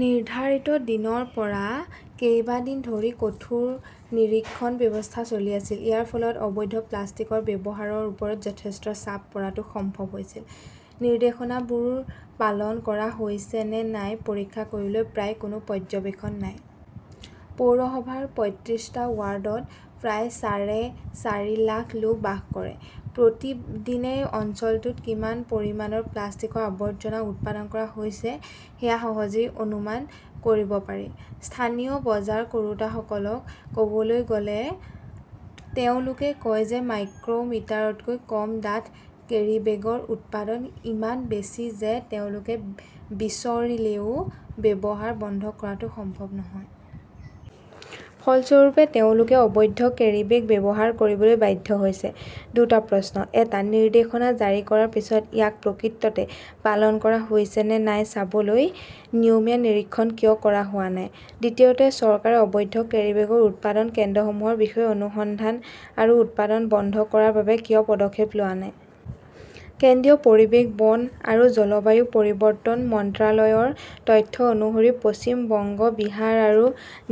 নিৰ্ধাৰিত দিনৰ পৰা কেইবা দিন ধৰি কঠোৰ নিৰীক্ষণ ব্যৱস্থা চলি আছিল। ইয়াৰ ফলত অবৈধ প্লাষ্টিকৰ ব্যৱহাৰৰ ওপৰত যথেষ্ট চাপ পৰাটো সম্ভৱ হৈছিল। নিৰ্দেশনাবোৰ পালন কৰা হৈছে নে নাই পৰীক্ষা কৰিবলৈ প্ৰায় কোনো পৰ্যবেক্ষণ নাই। পৌৰসভাৰ পয়ত্ৰিছটা ৱাৰ্ডত প্ৰায় চাৰে চাৰি লাখ লোক বাস কৰে। প্ৰতিদিনে অঞ্চলটোত কিমান পৰিমাণৰ প্লাষ্টিকৰ আৱৰ্জনা উৎপাদন কৰা হৈছে সেয়া সহজেই অনুমান কৰিব পাৰি। স্থানীয় বজাৰ কৰোঁতাসকলক ক'বলৈ গ' লে তেওঁলোকে কয় যে মাইক্ৰ মিটাৰতকৈ কম ডাঠ কেৰীবেগৰ উৎপাদন ইমান বেছি যে তেওঁলোকে বিচৰিলেও ব্যৱহাৰ বন্ধ কৰাটো সম্ভৱ নহয়। ফলস্বৰূপে, তেওঁলোকে অবৈধ কেৰীবেগ ব্যৱহাৰ কৰিবলৈ বাধ্য হৈছে। দুটা প্ৰশ্ন। এটা, নিৰ্দেশনা জাৰি কৰাৰ পিছত, ইয়াক প্ৰকৃততে পালন কৰা হৈছে নে নাই চাবলৈ নিয়মীয়া নিৰীক্ষণ কিয় কৰা হোৱা নাই? দ্বিতীয়তে, চৰকাৰে অবৈধ কেৰিবেগৰ উৎপাদন কেন্দ্ৰসমূহৰ বিষয়ে অনুসন্ধান আৰু উৎপাদন বন্ধ কৰাৰ বাবে কিয় পদক্ষেপ লোৱা নাই? কেন্দ্ৰীয় পৰিৱেশ, বন আৰু জলবায়ু পৰিৱৰ্তন মন্ত্ৰালয়ৰ তথ্য অনুসৰি পশ্চিম বংগ, বিহাৰ আৰু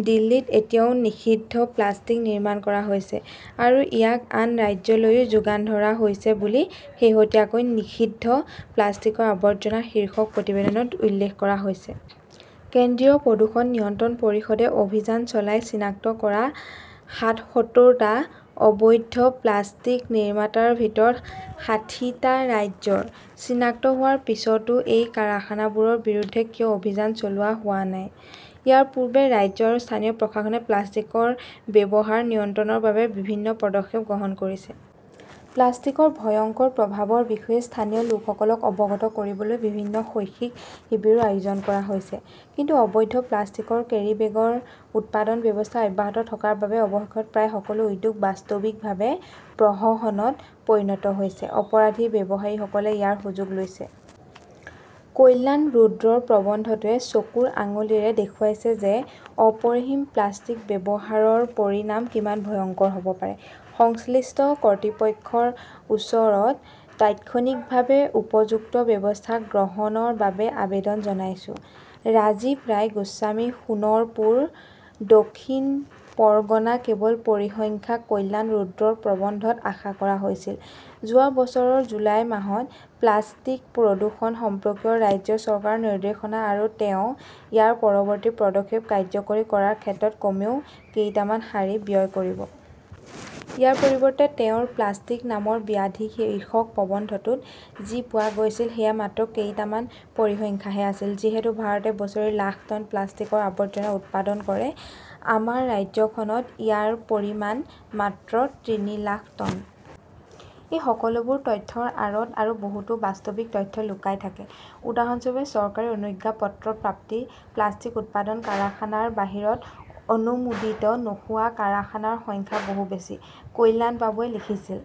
দিল্লীত এতিয়াও নিষিদ্ধ প্লাষ্টিক নিৰ্মাণ কৰা হৈছে, আৰু ইয়াক আন ৰাজ্যলৈও যোগান ধৰা হৈছে বুলি শেহতীয়াকৈ নিষিদ্ধ প্লাষ্টিকৰ আৱৰ্জনা শীৰ্ষক প্ৰতিবেদনত উল্লেখ কৰা হৈছে। কেন্দ্ৰীয় প্ৰদূষণ নিয়ন্ত্ৰণ পৰিষদে অভিযান চলাই চিনাক্ত কৰা সাতসত্তৰটা অবৈধ প্লাষ্টিক নিৰ্মাতাৰ ভিতৰত ষাঠিটা ৰাজ্যৰ। চিনাক্ত হোৱাৰ পিছতো এই কাৰখানাবোৰৰ বিৰুদ্ধে কিয় অভিযান চলোৱা হোৱা নাই? ইয়াৰ পূৰ্বে ৰাজ্য আৰু স্থানীয় প্ৰশাসনে প্লাষ্টিকৰ ব্যৱহাৰ নিয়ন্ত্ৰণৰ বাবে বিভিন্ন পদক্ষেপ গ্ৰহণ কৰিছে। প্লাষ্টিকৰ ভয়ংকৰ প্ৰভাৱৰ বিষয়ে স্থানীয় লোকসকলক অৱগত কৰিবলৈ বিভিন্ন শৈক্ষিক শিবিৰো আয়োজন কৰা হৈছে। কিন্তু অবৈধ প্লাষ্টিকৰ কেৰিবেগৰ উৎপাদন ব্যৱস্থা অব্যাহত থকাৰ বাবে অৱশেষত প্ৰায় সকলো উদ্যোগ বাস্তৱিকভাৱে প্ৰহসনত পৰিণত হৈছে। অপৰাধী ব্যৱসায়ীসকলে ইয়াৰ সুযোগ লৈছে। কল্যাণ ৰুদ্ৰৰ প্ৰবন্ধটোৱে চকুৰ আঙুলিৰে দেখুৱাইছে যে অপৰিসীম প্লাষ্টিক ব্যৱহাৰৰ পৰিণাম কিমান ভয়ংকৰ হ 'ব পাৰে। সংশ্লিষ্ট কৰ্তৃপক্ষৰ ওচৰত তাৎক্ষণিকভাৱে উপযুক্ত ব্যৱস্থা গ্ৰহণৰ বাবে আবেদন জনাইছো। ৰাজীৱ ৰায় গোস্বামী, সোণৰপুৰ, দক্ষিণ পৰগনা কেৱল পৰিসংখ্যা কল্যাণ ৰুদ্ৰৰ প্ৰবন্ধত আশা কৰা হৈছিল, যোৱা বছৰৰ জুলাই মাহত প্লাষ্টিক প্ৰদূষণ সম্পৰ্কীয় ৰাজ্য চৰকাৰৰ নিৰ্দেশনা, আৰু তেওঁ ইয়াৰ পৰৱৰ্তী পদক্ষেপ কাৰ্যকৰী কৰাৰ ক্ষেত্ৰত কমেও কেইটামান শাৰী ব্যয় কৰিব। ইয়াৰ পৰিৱৰ্তে তেওঁৰ প্লাষ্টিক নামৰ ব্যাধি শীৰ্ষক প্ৰবন্ধটোত যি পোৱা গৈছিল সেয়া মাত্ৰ কেইটামান পৰিসংখ্যাহে আছিল। যিহেতু ভাৰতে বছৰি লাখ টন প্লাষ্টিকৰ আৱৰ্জনা উৎপাদন কৰে, আমাৰ ৰাজ্যখনত ইয়াৰ পৰিমাণ মাত্ৰ তিনি লাখ টন। এই সকলোবোৰ তথ্যৰ আঁৰত আৰু বহুতো বাস্তৱিক তথ্য লুকাই থাকে। উদাহৰণস্বৰূপে, চৰকাৰী অনুজ্ঞাপত্ৰপ্ৰাপ্ত প্লাষ্টিক উৎপাদন কাৰখানাৰ বাহিৰত অনুমোদিত নোহোৱা কাৰখানাৰ সংখ্যা বহু বেছি। কল্যাণবাবুৱে লিখিছিল